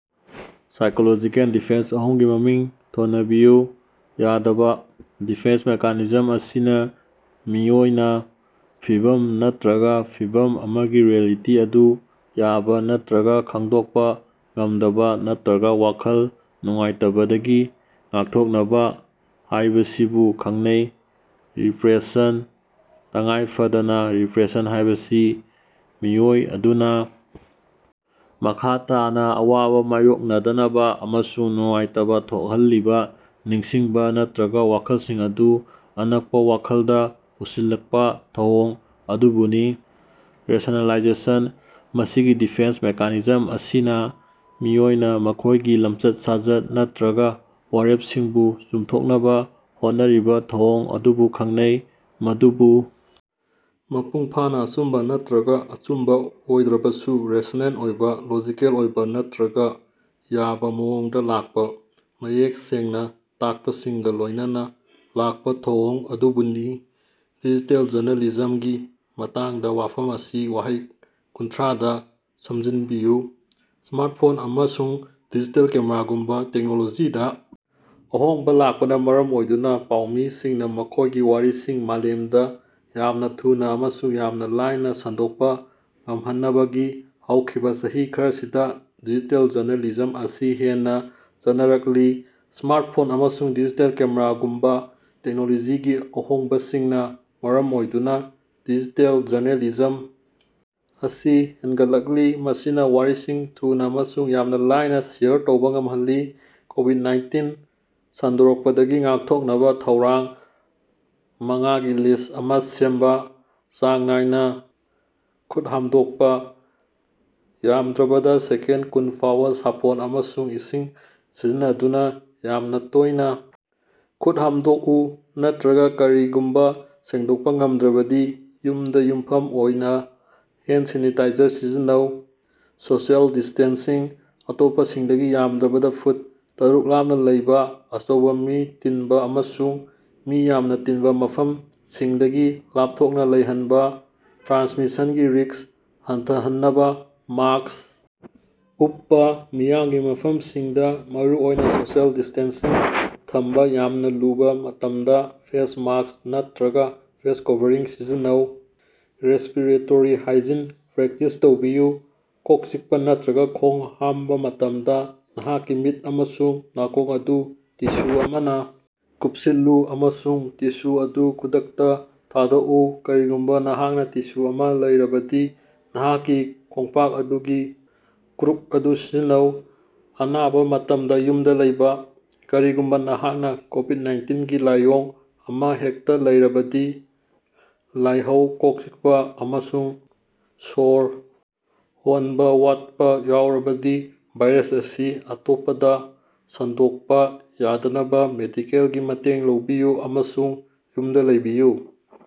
Psychological defence ꯑꯍꯨꯝꯒꯤ ꯃꯃꯤꯡ ꯊꯣꯟꯅꯕꯤꯌꯨ꯫ ꯌꯥꯗꯕꯥ: ꯗꯤꯐꯦꯟꯁ ꯃꯦꯀꯥꯅꯤꯖꯝ ꯑꯁꯤꯅ ꯃꯤꯑꯣꯏ ꯑꯃꯅ ꯐꯤꯚꯝ ꯅꯠꯇ꯭ꯔꯒ ꯐꯤꯚꯝ ꯑꯃꯒꯤ ꯔꯤꯑꯦꯂꯤꯇꯤ ꯑꯗꯨ ꯌꯥꯕ ꯅꯠꯇ꯭ꯔꯒ ꯈꯪꯗꯣꯛꯄ ꯉꯝꯗꯕꯥ ꯅꯠꯇ꯭ꯔꯒ ꯋꯥꯈꯜ ꯅꯨꯡꯉꯥꯏꯇꯕꯗꯒꯤ ꯉꯥꯛꯊꯣꯛꯅꯕ ꯍꯥꯏꯕꯁꯤꯕꯨ ꯈꯪꯅꯩ꯫ ꯔꯤꯄ꯭ꯔꯦꯁꯟ: ꯇꯉꯥꯏꯐꯗꯅꯥ, ꯔꯤꯄ꯭ꯔꯦꯁꯟ ꯍꯥꯏꯕꯁꯤ ꯃꯤꯑꯣꯏ ꯑꯗꯨꯅ ꯃꯈꯥ ꯇꯥꯅ ꯑꯋꯥꯕ ꯃꯥꯌꯣꯛꯅꯗꯅꯕꯥ ꯑꯃꯁꯨꯡ ꯅꯨꯡꯉꯥꯏꯇꯕ ꯊꯣꯛꯍꯜꯂꯤꯕ ꯅꯤꯡꯁꯤꯡꯕ ꯅꯠꯇ꯭ꯔꯒ ꯋꯥꯈꯜꯁꯤꯡ ꯑꯗꯨ ꯑꯅꯛꯄꯥ ꯋꯥꯈꯜꯗ ꯄꯨꯁꯤꯜꯂꯛꯄꯥ ꯊꯧꯑꯣꯡ ꯑꯗꯨꯕꯨꯅꯤ꯫ ꯔꯦꯁꯅꯦꯂꯥꯏꯖꯦꯁꯟ: ꯃꯁꯤꯒꯤ ꯗꯤꯐꯦꯟꯁ ꯃꯦꯀꯥꯅꯤꯖꯝ ꯑꯁꯤꯅ ꯃꯤꯑꯣꯏ ꯑꯃꯅ ꯃꯈꯣꯏꯒꯤ ꯂꯝꯆꯠ-ꯁꯥꯖꯠ ꯅꯠꯇ꯭ꯔꯒ ꯋꯥꯔꯦꯞꯁꯤꯡꯕꯨ ꯆꯨꯝꯊꯣꯛꯅꯕ ꯍꯣꯠꯅꯔꯤꯕ ꯊꯧꯑꯣꯡ ꯑꯗꯨꯕꯨ ꯈꯪꯅꯩ, ꯃꯗꯨꯕꯨ ꯃꯄꯨꯡꯐꯥꯅ ꯑꯆꯨꯝꯕ ꯅꯠꯇ꯭ꯔꯒ ꯑꯆꯨꯝꯕ ꯑꯣꯏꯗ꯭ꯔꯕꯁꯨ, ꯔꯦꯁꯅꯦꯜ ꯑꯣꯏꯕ, ꯂꯣꯖꯤꯀꯦꯜ ꯑꯣꯏꯕ ꯅꯠꯇ꯭ꯔꯒ ꯌꯥꯕ ꯃꯑꯣꯡꯗ ꯂꯥꯛꯄ ꯃꯌꯦꯛ ꯁꯦꯡꯅ ꯇꯥꯛꯄꯁꯤꯡꯒ ꯂꯣꯏꯅꯅ ꯂꯥꯛꯄ ꯊꯧꯑꯣꯡ ꯑꯗꯨꯕꯨꯅꯤ꯫ ꯗꯤꯖꯤꯇꯦꯜ ꯖꯔꯅꯦꯂꯤꯖꯝꯒꯤ ꯃꯇꯥꯡꯗ ꯋꯥꯐꯝ ꯑꯁꯤ ꯋꯥꯍꯩ ꯀꯨꯟꯊ꯭ꯔꯥꯗꯥ ꯁꯝꯖꯤꯟꯅꯕꯤꯌꯨ꯫ ꯁ꯭ꯃꯥꯔꯠꯐꯣꯟ ꯑꯃꯁꯨꯡ ꯗꯤꯖꯤꯇꯦꯜ ꯀꯦꯃꯦꯔꯥꯒꯨꯝꯕ ꯇꯦꯛꯅꯣꯂꯣꯖꯤꯗꯥ ꯑꯍꯣꯡꯕ ꯂꯥꯛꯄꯅ ꯃꯔꯝ ꯑꯣꯏꯗꯨꯅ ꯄꯥꯎꯃꯤꯁꯤꯡꯅ ꯃꯈꯣꯏꯒꯤ ꯋꯥꯔꯤꯁꯤꯡ ꯃꯥꯂꯦꯝꯗ ꯌꯥꯝꯅ ꯊꯨꯅꯥ ꯑꯃꯁꯨꯡ ꯌꯥꯝꯅ ꯂꯥꯏꯅ ꯁꯟꯗꯣꯛꯄ ꯉꯝꯍꯟꯅꯕꯒꯤ ꯍꯧꯈꯤꯕꯥ ꯆꯍꯤ ꯈꯔꯁꯤꯗ ꯗꯤꯖꯤꯇꯦꯜ ꯖꯔꯅꯦꯂꯤꯖꯝ ꯑꯁꯤ ꯍꯦꯟꯅꯥ ꯆꯠꯅꯔꯛꯂꯤ꯫ ꯁ꯭ꯃꯥꯔꯠꯐꯣꯟ ꯑꯃꯁꯨꯡ ꯗꯤꯖꯤꯇꯦꯜ ꯀꯦꯃꯦꯔꯥꯒꯨꯝꯕ ꯇꯦꯛꯅꯣꯂꯣꯖꯤꯒꯤ ꯑꯍꯣꯡꯕꯁꯤꯡꯅꯥ ꯃꯔꯝ ꯑꯣꯏꯗꯨꯅ ꯗꯤꯖꯤꯇꯦꯜ ꯖꯔꯅꯦꯂꯤꯖꯝ ꯑꯁꯤ ꯍꯦꯟꯒꯠꯂꯛꯂꯤ, ꯃꯁꯤꯅ ꯋꯥꯔꯤꯁꯤꯡ ꯊꯨꯅꯥ ꯑꯃꯁꯨꯡ ꯌꯥꯝꯅ ꯂꯥꯏꯅ ꯁꯦꯌꯔ ꯇꯧꯕ ꯉꯝꯍꯜꯂꯤ꯫ ꯀꯣꯕꯤꯗ-ꯅꯥꯏꯟꯇꯤꯟ ꯁꯟꯗꯣꯔꯛꯄꯗꯒꯤ ꯉꯥꯛꯊꯣꯛꯅꯕ ꯊꯧꯔꯥꯡ ꯃꯉꯥꯒꯤ ꯂꯤꯁ ꯑꯃ ꯁꯦꯝꯕ꯫ ꯆꯥꯡ ꯅꯥꯏꯅ ꯈꯨꯠ ꯍꯥꯝꯗꯣꯡꯄ: ꯌꯥꯝꯗ꯭ꯔꯕꯗꯥ ꯁꯦꯀꯦꯟ ꯀꯨꯟ ꯐꯥꯎꯕ ꯁꯥꯄꯣꯟ ꯑꯃꯁꯨꯡ ꯏꯁꯤꯡ ꯁꯤꯖꯤꯟꯅꯗꯨꯅ ꯌꯥꯝꯅ ꯇꯣꯏꯅꯥ ꯈꯨꯠ ꯍꯥꯝꯗꯣꯛꯎ ꯅꯠꯇ꯭ꯔꯒ ꯀꯔꯤꯒꯨꯝꯕ ꯁꯦꯡꯗꯣꯛꯄ ꯉꯝꯗ꯭ꯔꯕꯗꯤ ꯌꯨꯝꯗ ꯌꯨꯝꯐꯝ ꯑꯣꯏꯕ ꯍꯦꯟ ꯁꯦꯅꯤꯇꯥꯏꯖꯔ ꯁꯤꯖꯤꯟꯅꯧ꯫ ꯁꯣꯁꯤꯑꯦꯜ ꯗꯤꯁꯇꯦꯟꯁꯤꯡ: ꯑꯇꯣꯞꯄꯁꯤꯡꯗꯒꯤ ꯌꯥꯝꯗ꯭ꯔꯕꯗꯥ ꯐꯨꯠ ꯇꯔꯨꯛ ꯂꯥꯞꯅ ꯂꯩꯕꯥ, ꯑꯆꯧꯕ ꯃꯤ ꯇꯤꯟꯕ ꯑꯃꯁꯨꯡ ꯃꯤ ꯌꯥꯝꯅ ꯇꯤꯟꯕ ꯃꯐꯝꯁꯤꯡꯗꯒꯤ ꯂꯥꯞꯊꯣꯛꯅ ꯂꯩꯍꯟꯕꯥ, ꯇ꯭ꯔꯥꯟꯁꯃꯤꯁꯟꯒꯤ ꯔꯤꯛꯁ ꯍꯟꯊꯍꯟꯅꯕꯥ꯫ ꯃꯥꯁ꯭ꯛ ꯎꯞꯄꯥ: ꯃꯤꯌꯥꯝꯒꯤ ꯃꯐꯝꯁꯤꯡꯗ, ꯃꯔꯨꯑꯣꯏꯅ ꯁꯣꯁꯤꯑꯦꯜ ꯗꯤꯁꯇꯦꯟꯁꯤꯡ ꯊꯝꯕ ꯌꯥꯝꯅ ꯂꯨꯕ ꯃꯇꯝꯗ ꯐꯦꯁ ꯃꯥꯁ꯭ꯛ ꯅꯠꯇ꯭ꯔꯒ ꯐꯦꯁ ꯀꯚꯔꯤꯡ ꯁꯤꯖꯤꯟꯅꯧ꯫ ꯔꯦꯁꯄꯤꯔꯦꯇ꯭ꯔꯤ ꯍꯥꯏꯖꯤꯟ ꯄ꯭ꯔꯦꯛꯇꯤꯁ ꯇꯧꯕꯤꯌꯨ: ꯀꯣꯛ ꯆꯤꯛꯄ ꯅꯠꯇ꯭ꯔꯒ ꯈꯣꯡ ꯍꯥꯝꯕ ꯃꯇꯝꯗ ꯅꯍꯥꯛꯀꯤ ꯃꯤꯠ ꯑꯃꯁꯨꯡ ꯅꯥꯀꯣꯡ ꯑꯗꯨ ꯇꯤꯁꯨ ꯑꯃꯅꯥ ꯀꯨꯞꯁꯤꯜꯂꯨ ꯑꯃꯁꯨꯡ ꯇꯤꯁꯨ ꯑꯗꯨ ꯈꯨꯗꯛꯇꯥ ꯊꯥꯗꯣꯛꯎ꯫ ꯀꯔꯤꯒꯨꯝꯕ ꯅꯍꯥꯛꯅꯥ ꯇꯤꯁꯨ ꯑꯃ ꯂꯩꯔꯕꯗꯤ, ꯅꯍꯥꯛꯀꯤ ꯈꯣꯡꯄꯥꯛ ꯑꯗꯨꯒꯤ ꯀ꯭ꯔꯨꯛ ꯑꯗꯨ ꯁꯤꯖꯤꯟꯅꯧ꯫ ꯑꯅꯥꯕ ꯃꯇꯝꯗ ꯌꯨꯝꯗꯥ ꯂꯩꯕ: ꯀꯔꯤꯒꯨꯝꯕ ꯅꯍꯥꯛꯅ ꯀꯣꯕꯤꯠ-ꯅꯥꯏꯟꯇꯤꯟꯒꯤ ꯂꯥꯏꯑꯣꯡ ꯑꯃ ꯍꯦꯛꯇꯥ ꯂꯩꯔꯕꯗꯤ ꯂꯥꯏꯍꯧ, ꯀꯣꯛ ꯆꯤꯛꯄ, ꯑꯃꯁꯨꯡ ꯁꯣꯔ ꯍꯣꯟꯕ ꯋꯥꯠꯄ ꯌꯥꯎꯔꯕꯗꯤ, ꯚꯥꯏꯔꯁ ꯑꯁꯤ ꯑꯇꯣꯞꯄꯗꯥ ꯁꯟꯗꯣꯛꯄ ꯌꯥꯗꯅꯕ ꯃꯦꯗꯤꯀꯦꯜꯒꯤ ꯃꯇꯦꯡ ꯂꯧꯕꯤꯌꯨ ꯑꯃꯁꯨꯡ ꯌꯨꯝꯗꯥ ꯂꯩꯕꯤꯌꯨ꯫